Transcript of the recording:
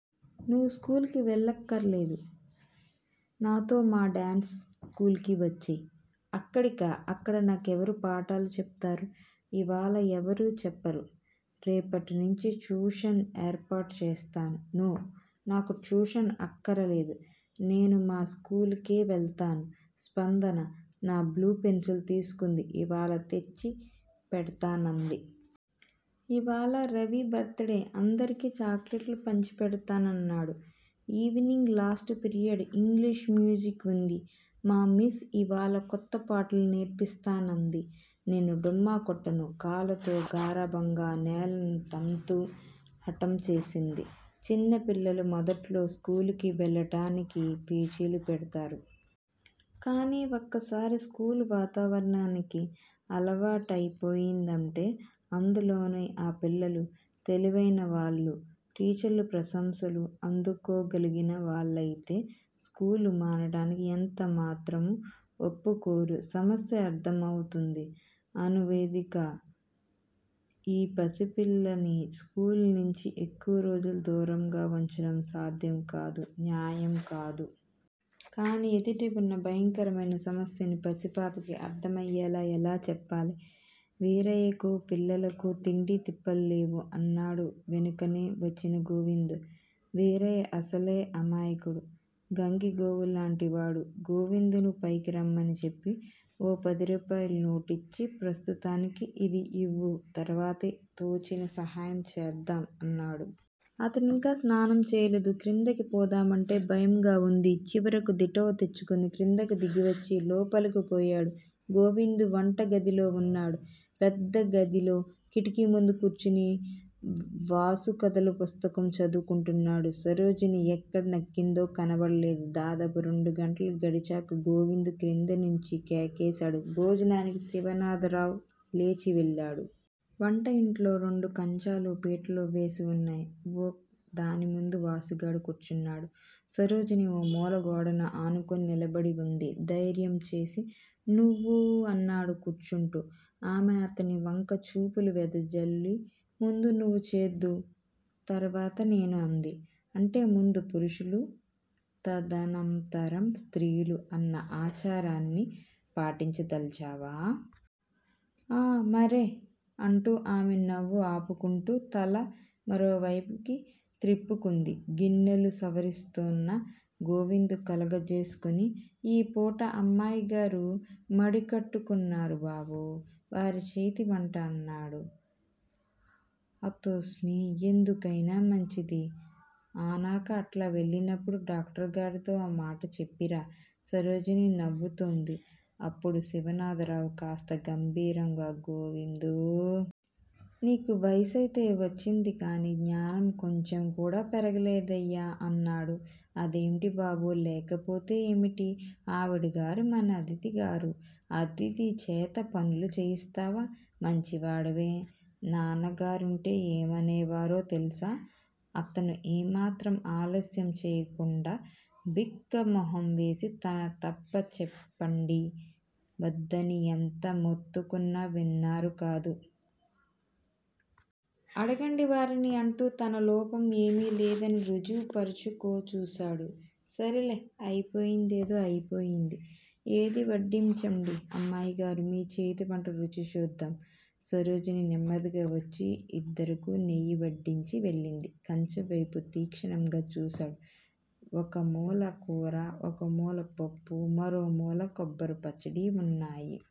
నువు స్కూలుకి వెళ్ళక్కరాలేదు. నాతో మాడాన్సు స్కూలుకి వచ్చేయి. అక్కడికా! అక్కడ నాకెవరు పాటాలు చెప్తారు? ఇవాళ ఎవరూ చెప్పరు. రేపటినుంచి ట్యుషన్ ఏర్పాటు చేస్తాను. నో నాకు ట్యుషను అక్కరలేదు. నేను మా స్కూలుకె వెళ్తాను. స్పందన నా బ్లూ పెన్సిలు తీసుకుంది. ఇవాళ తెచ్చి పెడ్తానంది. ఇవాళ రవి బర్త్ డే అందరికి చాక్లెట్లు పంచి పెడ్తానన్నాడు. Evening last period English music వుంది. మా మిస్ యివాళ కొత్త పాటలు నేర్పిస్తానంది. నేను డుమ్మా కొట్టను. కాళ్ళతో గారాబంగా నేలను తంతూ హటం చేసింది. చిన్నపిలలు మొదట్లో స్కూలుకి వెళ్ళడానికి పేచీలు పెడ్తారు. కాని ఒక్కసారి స్కూలు వాతావరణానికి అలావాటైపోయిందంటే అందులోను ఆ పిల్లలు తెలివైన వాళ్ళు టీచర్స్ ప్రశంసలు అందుకోగలిగిన వాళ్ళయితే స్కూలు మానడానికి యెంత మాత్రం వొప్పుకోరు. సమస్య అర్ధమౌతుంది అణువేదకి. ఈ పసిపిల్లని స్కూలు నించి ఎక్కువ రోజులు దూరంగా వుంచడం సాధ్యం కాదు. న్యాయము కాదు. కాని ఎదుట వున్న భయంకరమైన సమస్యని పసిపాపకి అర్ధమయ్యేలా ఎలా చెప్పాలి? వీరయ్యకూ, పిల్లలకూ తిండీతిప్పలు లేవు అన్నాడు వెనుకనే వచ్చిన గోవిందు. వీరయ్య అసలే అమాయకుడు, గంగిగోవులాంటివాడు గోవిందును పైకి రమ్మని చెప్పి, ఓ పదిరూపాయల నోటిచ్చి ప్రస్తుతానికి యిది యివ్వు తర్వాత తోచిన సహాయం చేద్దాం అన్నాడు. అతనింకా స్నానం చేయలేదు. క్రిందకు పోదామంటే భయంగా వుంది. చివరకు దిటవు తెచ్చుకుని క్రిందకు దిగివచ్చి, లోపలకు పోయాడు. గోవిందు వంటగదిలో వున్నాడు. పెద్దగదిలో కిటికీముందు కూర్చుని వాసు కథలపుస్తకం చదువుకుంటున్నాడు. సరోజిని ఎక్కడ నక్కిందో కనబడలేదు. దాదాపు రెండుగంటలు గడిచాక గోవిందు క్రిందనుంచి కేకేశాడు భోజనానికి శివనాథరావు లేచివెళ్ళాడు. వంటయింట్లో రెండు కంచాలూ, పీటలూ వేసివున్నాయి. ఓ దానిముందు వాసుగాడు కూర్చున్నాడు. సరోజిని ఓ మూల గోడను ఆనుకుని నిలబడివుంది ధైర్యం చేసి. నువ్వూ? అన్నాడు కూర్చుంటూ. ఆమె అతనివంక చూపులు వెదజల్లి ముందు నువ్వు చేద్దూ, తర్వాత నేను అంది. అంటే ముందు పురుషులు, తదనంతరం స్త్రీలు అన్న ఆచారాన్ని పాటించదలచావా? ఆఁ మరే అంటూ ఆమె నవ్వు ఆపుకుంటూ తల మరోవైపుకి త్రిప్పుకుంది. గిన్నెలు సవరిస్తోన్న గోవిందు కలుగజేసుకొని ఈ పూట అమ్మాయిగారు మడికట్టుకున్నారు బాబూ వారి చేతివంట అన్నాడు. హతోస్మి! ఎందుకైనా మంచిది, ఆనక అట్లా వెళ్ళినప్పుడు డాక్టరుగారితో ఆమాట చెప్పిరా. సరోజిని నవ్వుతోంది. అప్పుడు శివనాథరావు కాస్త గంభీరంగా గోవిందూ! నీకు వయస్సయితే వచ్చిందిగానీ జ్ఞానం కొంచెంకూడా పెరగలేదయ్యా అన్నాడు. అదేమిటి బాబూ? లేకపోతే ఏమిటి? ఆవిడగారు మన అతిధిగారు అతిథిచేత పనులు చేయిస్తావా? మంచివాడివే నాన్నగారుంటే ఏమనేవారో తెలుసా? అతను ఏమాత్రం ఆలస్యం చెయ్యకుండా బిక్కమొహం వేసి నా తప్పా చెప్పండి? వద్దని ఎంత మొత్తుకున్నా విన్నారు కాదు. అడగండి వారిని అంటూ తన లోపం ఏమీలేదని రుజువు పరచుకోచూశాడు. సరేలే అయిపోయిందేదో అయిపోయింది. ఏదీ? వడ్డించండి అమ్మాయిగారూ మీ చేతివంట రుచిచూద్దాం. సరోజిని నెమ్మదిగా వచ్చి యిద్దరకూ నెయ్యి వడ్డించి వెళ్ళింది. కంచంవైపు తీక్షణంగా చూశాడు. ఒకమూల కూర, ఒకమూల పప్పు, మరోమూల కొబ్బరి పచ్చడీ వున్నాయి.